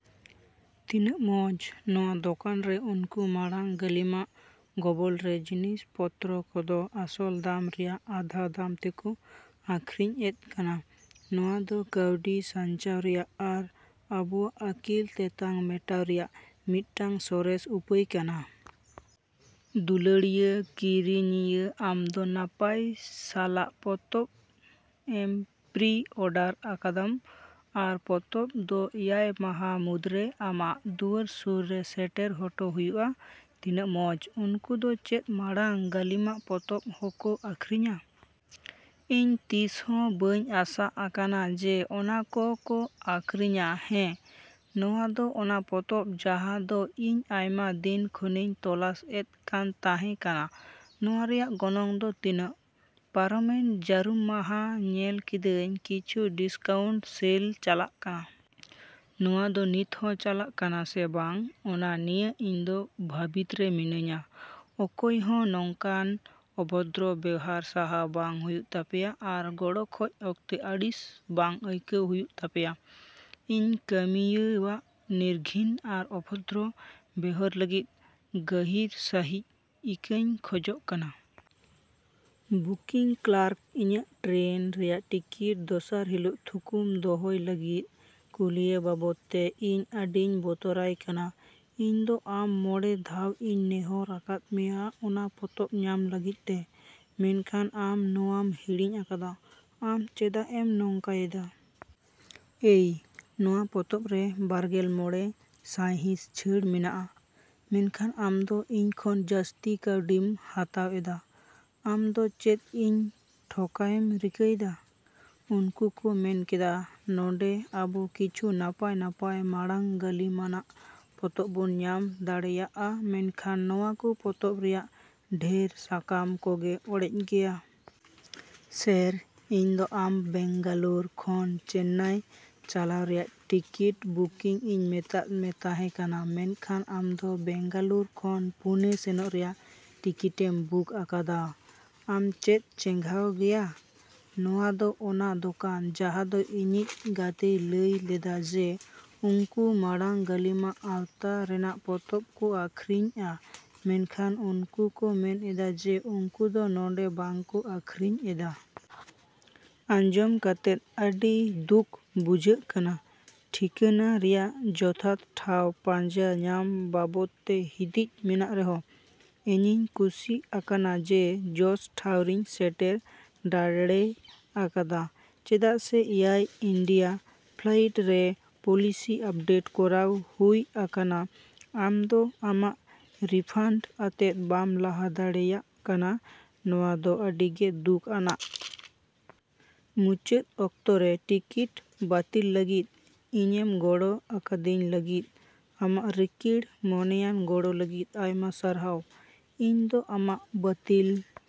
ᱛᱤᱱᱟᱜ ᱢᱚᱸᱡᱽ! ᱱᱚᱣᱟ ᱫᱚᱠᱟᱱ ᱨᱮ ᱩᱱᱠᱩ ᱢᱟᱲᱟᱝ ᱜᱟᱹᱞᱤᱢᱟᱜ ᱜᱚᱵᱚᱞᱨᱮ ᱡᱤᱱᱤᱥ ᱯᱚᱛᱨᱚ ᱠᱚᱫᱚ ᱟᱥᱚᱞ ᱫᱟᱢ ᱨᱮᱭᱟᱜ ᱟᱫᱷᱟ ᱫᱟᱢ ᱛᱮᱠᱚ ᱟᱹᱠᱷᱨᱤᱧ ᱮᱫ ᱠᱟᱱᱟ᱾ ᱱᱚᱣᱟ ᱫᱚ ᱠᱟᱹᱣᱰᱤ ᱥᱟᱧᱪᱟᱣ ᱨᱮᱭᱟᱜ ᱟᱨ ᱟᱵᱚᱣᱟᱜ ᱟᱹᱠᱤᱞ ᱛᱮᱛᱟᱝ ᱢᱮᱴᱟᱣ ᱨᱮᱭᱟᱜ ᱢᱤᱫᱴᱟᱝ ᱥᱚᱨᱮᱥ ᱩᱯᱟᱹᱭ ᱠᱟᱱᱟ᱾ ᱫᱩᱞᱟᱹᱲᱤᱭᱟᱹ ᱠᱤᱨᱤᱧᱤᱭᱟᱹ! ᱟᱢ ᱫᱚ ᱱᱟᱯᱟᱭ ᱥᱟᱞᱟᱜ ᱯᱛᱚᱵ ᱮᱢ ᱯᱨᱤᱼᱚᱰᱟᱨ ᱟᱠᱟᱫᱟᱢ ᱟᱨ ᱯᱚᱛᱚᱵ ᱫᱚ ᱮᱭᱟᱭ ᱢᱟᱦᱟ ᱢᱩᱫᱽᱨᱮ ᱟᱢᱟᱜ ᱫᱩᱣᱟᱹᱨ ᱥᱳᱨ ᱨᱮ ᱥᱮᱴᱮᱨ ᱦᱚᱴᱚ ᱦᱩᱭᱩᱜᱼᱟ᱾ ᱛᱤᱱᱟᱜ ᱢᱚᱸᱡᱽ! ᱩᱱᱠᱩ ᱫᱚ ᱪᱮᱫ ᱢᱟᱲᱟᱝ ᱜᱟᱹᱞᱤᱢᱟᱜ ᱯᱚᱛᱚᱵ ᱦᱚᱠᱚ ᱟᱹᱠᱷᱨᱤᱧᱟ᱾ ᱤᱧ ᱛᱤᱥᱦᱚ ᱵᱟᱹᱧ ᱟᱥᱟ ᱟᱠᱟᱱᱟ ᱡᱮ ᱚᱱᱟ ᱠᱚ ᱠᱚ ᱟᱹᱠᱷᱨᱤᱧᱟ᱾ ᱦᱮᱸ! ᱱᱚᱣᱟ ᱫᱚ ᱚᱱᱟ ᱯᱚᱛᱚᱵ ᱡᱟᱦᱟ ᱫᱚ ᱤᱧ ᱟᱭᱢᱟ ᱫᱤᱱ ᱠᱷᱚᱱᱤᱧ ᱛᱚᱞᱟᱥ ᱮᱫ ᱠᱟᱱ ᱛᱟᱦᱮᱸ ᱠᱟᱱᱟ᱾ ᱱᱚᱣᱟ ᱨᱮᱭᱟᱜ ᱜᱚᱱᱚᱝ ᱫᱚ ᱛᱤᱱᱟᱹᱜ? ᱯᱟᱨᱚᱢᱮᱱ ᱡᱟᱹᱨᱩᱢ ᱢᱟᱦᱟ ᱧᱮᱞ ᱠᱮᱫᱟᱹᱧ ᱠᱤᱪᱷᱩ ᱰᱤᱥᱠᱟᱣᱩᱱᱴ ᱥᱮᱞ ᱪᱟᱞᱟᱜ ᱠᱟᱱᱟ᱾ ᱱᱚᱣᱟ ᱫᱚ ᱱᱤᱛᱦᱚᱸ ᱪᱟᱞᱟᱜ ᱠᱟᱱᱟ ᱥᱮ ᱵᱟᱝ ᱚᱱᱟ ᱱᱤᱭᱟᱹ ᱤᱧ ᱫᱚ ᱵᱷᱟᱹᱵᱤᱛ ᱨᱮ ᱢᱤᱱᱟᱹᱧᱟ᱾ ᱚᱠᱚᱭᱦᱚ ᱱᱚᱝᱠᱟᱱ ᱚᱵᱷᱚᱫᱨᱚ ᱵᱮᱣᱦᱟᱨ ᱥᱟᱦᱟᱣ ᱵᱟᱝ ᱦᱩᱭᱩᱜ ᱛᱟᱯᱮᱭᱟ ᱟᱨ ᱜᱚᱲᱚ ᱠᱷᱚᱡ ᱚᱠᱛᱮ ᱟᱹᱲᱤᱥ ᱵᱟᱝ ᱟᱹᱭᱠᱟᱹᱣ ᱦᱩᱭᱩᱜ ᱛᱟᱯᱮᱭᱟ᱾ ᱤᱧ ᱠᱟᱹᱢᱤᱭᱟᱹᱣᱟᱜ ᱱᱤᱨᱜᱷᱤᱱ ᱟᱨ ᱚᱵᱷᱚᱫᱨᱚ ᱵᱮᱣᱦᱟᱨ ᱞᱟᱹᱜᱤᱫ ᱜᱟᱹᱦᱤᱨ ᱥᱟᱹᱦᱤᱡ ᱤᱠᱟᱹᱧ ᱠᱷᱚᱡᱚᱜ ᱠᱟᱱᱟ᱾ ᱵᱩᱠᱤᱝ ᱠᱞᱟᱨᱠ ᱤᱧᱟᱜ ᱴᱨᱮᱱ ᱨᱮᱭᱟᱜ ᱴᱤᱠᱤᱴ ᱫᱚᱥᱟᱨ ᱦᱤᱞᱳᱜ ᱛᱷᱩᱠᱩᱢ ᱫᱚᱦᱚᱭ ᱞᱟᱹᱜᱤᱫ ᱠᱩᱞᱤᱭᱮ ᱵᱟᱵᱚᱫ ᱛᱮ ᱤᱧ ᱟᱹᱰᱤᱧ ᱵᱚᱛᱚᱨᱟᱭ ᱠᱟᱱᱟ᱾ ᱤᱧ ᱫᱚ ᱟᱢ ᱢᱚᱸᱬᱮ ᱫᱷᱟᱣ ᱤᱧ ᱱᱮᱦᱚᱨ ᱟᱠᱟᱫ ᱢᱮᱭᱟ ᱚᱱᱟ ᱯᱚᱛᱚᱵ ᱧᱟᱢ ᱞᱟᱹᱜᱤᱫ ᱛᱮ, ᱢᱮᱱᱠᱷᱟᱱ ᱟᱢ ᱱᱚᱣᱟᱢ ᱦᱤᱲᱤᱧ ᱟᱠᱟᱫᱟ, ᱟᱢ ᱪᱮᱫᱟᱜ ᱮᱢ ᱱᱚᱝᱠᱟᱭᱮᱫᱟ? ᱮᱭ! ᱱᱚᱣᱟ ᱯᱚᱛᱚᱵ ᱨᱮ ᱵᱟᱨ ᱜᱮᱞ ᱢᱚᱸᱬᱮ ᱥᱟᱭᱦᱤᱸᱥ ᱪᱷᱟᱹᱲ ᱢᱮᱱᱟᱜᱼᱟ, ᱢᱮᱱᱠᱷᱟᱱ ᱟᱢ ᱫᱚ ᱤᱧ ᱠᱷᱚᱱ ᱡᱟᱹᱥᱛᱤ ᱠᱟᱹᱣᱰᱤᱢ ᱦᱟᱛᱟᱣ ᱮᱫᱟ᱾ ᱟᱢ ᱫᱚ ᱪᱮᱫ ᱤᱧ ᱴᱷᱚᱠᱟᱣᱮᱢ ᱨᱤᱠᱟᱹᱭᱮᱫᱟ? ᱩᱱᱠᱩ ᱠᱚ ᱢᱮᱱ ᱠᱮᱫᱟ, ᱱᱚᱰᱮᱸ ᱟᱵᱚ ᱠᱤᱪᱷᱩ ᱱᱟᱯᱟᱭ ᱱᱟᱯᱟᱭ ᱢᱟᱲᱟᱝ ᱜᱟᱹᱞᱤᱢᱟᱱᱟᱜ ᱯᱚᱛᱚᱵ ᱵᱚᱱ ᱧᱟᱢ ᱫᱟᱲᱮᱭᱟᱜᱼᱟ ᱢᱮᱱᱠᱷᱟᱱ ᱱᱚᱣᱟ ᱠᱚ ᱯᱚᱛᱚᱵ ᱨᱮᱭᱟᱜ ᱰᱷᱮᱨ ᱥᱟᱠᱟᱢ ᱠᱚᱜᱮ ᱚᱲᱮᱡ ᱜᱮᱭᱟ᱾ ᱥᱮᱹᱨ! ᱤᱧ ᱫᱚ ᱟᱢ ᱵᱮᱝᱜᱟᱞᱳᱨ ᱠᱷᱚᱱ ᱪᱮᱱᱱᱟᱭ ᱪᱟᱞᱟᱣ ᱨᱮᱭᱟᱜ ᱴᱤᱠᱤᱴ ᱵᱩᱠᱤᱝ ᱤᱧ ᱢᱮᱛᱟᱫ ᱢᱮ ᱛᱟᱦᱮᱸ ᱠᱟᱱᱟ ᱢᱮᱱ ᱠᱷᱟᱱ ᱟᱢ ᱫᱚ ᱵᱮᱝᱜᱟᱞᱳᱨ ᱠᱷᱚᱱ ᱯᱩᱱᱮ ᱥᱮᱱᱚᱜ ᱨᱮᱭᱟᱜ ᱴᱤᱠᱤᱴᱮᱢ ᱵᱩᱠ ᱟᱠᱟᱫᱟ᱾ ᱟᱢ ᱪᱮᱫ ᱪᱮᱸᱜᱷᱟᱣ ᱜᱮᱭᱟ? ᱱᱚᱶᱟ ᱫᱚ ᱚᱱᱟ ᱫᱳᱠᱟᱱ ᱡᱟᱦᱟᱸ ᱫᱚ ᱤᱧᱤᱡ ᱜᱟᱛᱮᱭ ᱞᱟᱹᱭ ᱞᱮᱫᱟ ᱡᱮ ᱩᱝᱠᱩ ᱢᱟᱲᱟᱝ ᱜᱟᱹᱞᱤᱢᱟᱜ ᱟᱣᱛᱟ ᱨᱮᱱᱟᱜ ᱯᱚᱛᱚᱵ ᱠᱚ ᱟᱹᱠᱷᱨᱤᱧᱼᱟ ᱢᱮᱱᱠᱷᱟᱱ ᱩᱱᱠᱩ ᱠᱚ ᱢᱮᱱ ᱮᱫᱟ ᱡᱮ ᱩᱝᱠᱩ ᱫᱚ ᱱᱚᱰᱮᱸ ᱵᱟᱝ ᱠᱚ ᱟᱹᱠᱷᱨᱤᱧ ᱮᱫᱟ᱾ ᱟᱸᱡᱚᱢ ᱠᱟᱛᱮᱫ ᱟᱹᱰᱤ ᱫᱩᱠᱷ ᱵᱩᱡᱷᱟᱹᱜ ᱠᱟᱱᱟ᱾ ᱴᱷᱤᱠᱟᱹᱱᱟ ᱨᱮᱭᱟᱜ ᱡᱚᱛᱷᱟᱛ ᱴᱷᱟᱶ ᱯᱟᱸᱡᱟᱧᱟᱢ ᱵᱟᱵᱚᱫ ᱛᱮ ᱦᱤᱸᱫᱤᱡ ᱢᱮᱱᱟᱜ ᱨᱮᱦᱚ, ᱤᱧᱤᱧ ᱠᱩᱥᱤ ᱟᱠᱟᱱᱟ ᱡᱮ ᱡᱚᱥ ᱴᱷᱟᱶ ᱨᱮᱧ ᱥᱮᱴᱮᱨ ᱰᱟᱲᱮ ᱟᱠᱟᱫᱟ᱾ ᱪᱮᱫᱟᱜ ᱥᱮ ᱮᱭᱟᱨ ᱤᱱᱰᱤᱭᱟ ᱯᱷᱞᱟᱭᱤᱴ ᱨᱮ ᱯᱚᱞᱤᱥᱤ ᱟᱯᱰᱮᱴ ᱠᱚᱨᱟᱣ ᱦᱩᱭᱟᱠᱟᱱᱟ, ᱟᱢ ᱫᱚ ᱟᱢᱟᱜ ᱨᱤᱯᱷᱟᱱᱰ ᱟᱛᱮᱫ ᱵᱟᱢ ᱞᱟᱦᱟ ᱫᱟᱲᱮᱭᱟᱜ ᱠᱟᱱᱟ, ᱱᱚᱣᱟ ᱫᱚ ᱟᱹᱰᱤ ᱜᱮ ᱫᱩᱠᱷ ᱟᱱᱟᱜ᱾ ᱢᱩᱪᱟᱹᱫ ᱚᱠᱛᱚ ᱨᱮ ᱴᱤᱠᱤᱴ ᱵᱟᱹᱛᱤᱞ ᱞᱟᱹᱜᱤᱫ ᱤᱧᱮᱢ ᱜᱚᱲᱚ ᱟᱠᱟᱫᱤᱧ ᱞᱟᱹᱜᱤᱫ ᱟᱢᱟᱜ ᱨᱤᱠᱤᱲ ᱢᱚᱱᱮᱭᱟᱱ ᱜᱚᱲᱚ ᱞᱟᱹᱜᱤᱫ ᱟᱭᱢᱟ ᱥᱟᱨᱦᱟᱣ, ᱤᱧ ᱫᱚ ᱟᱢᱟᱜ ᱵᱟᱹᱛᱤᱞᱼᱼ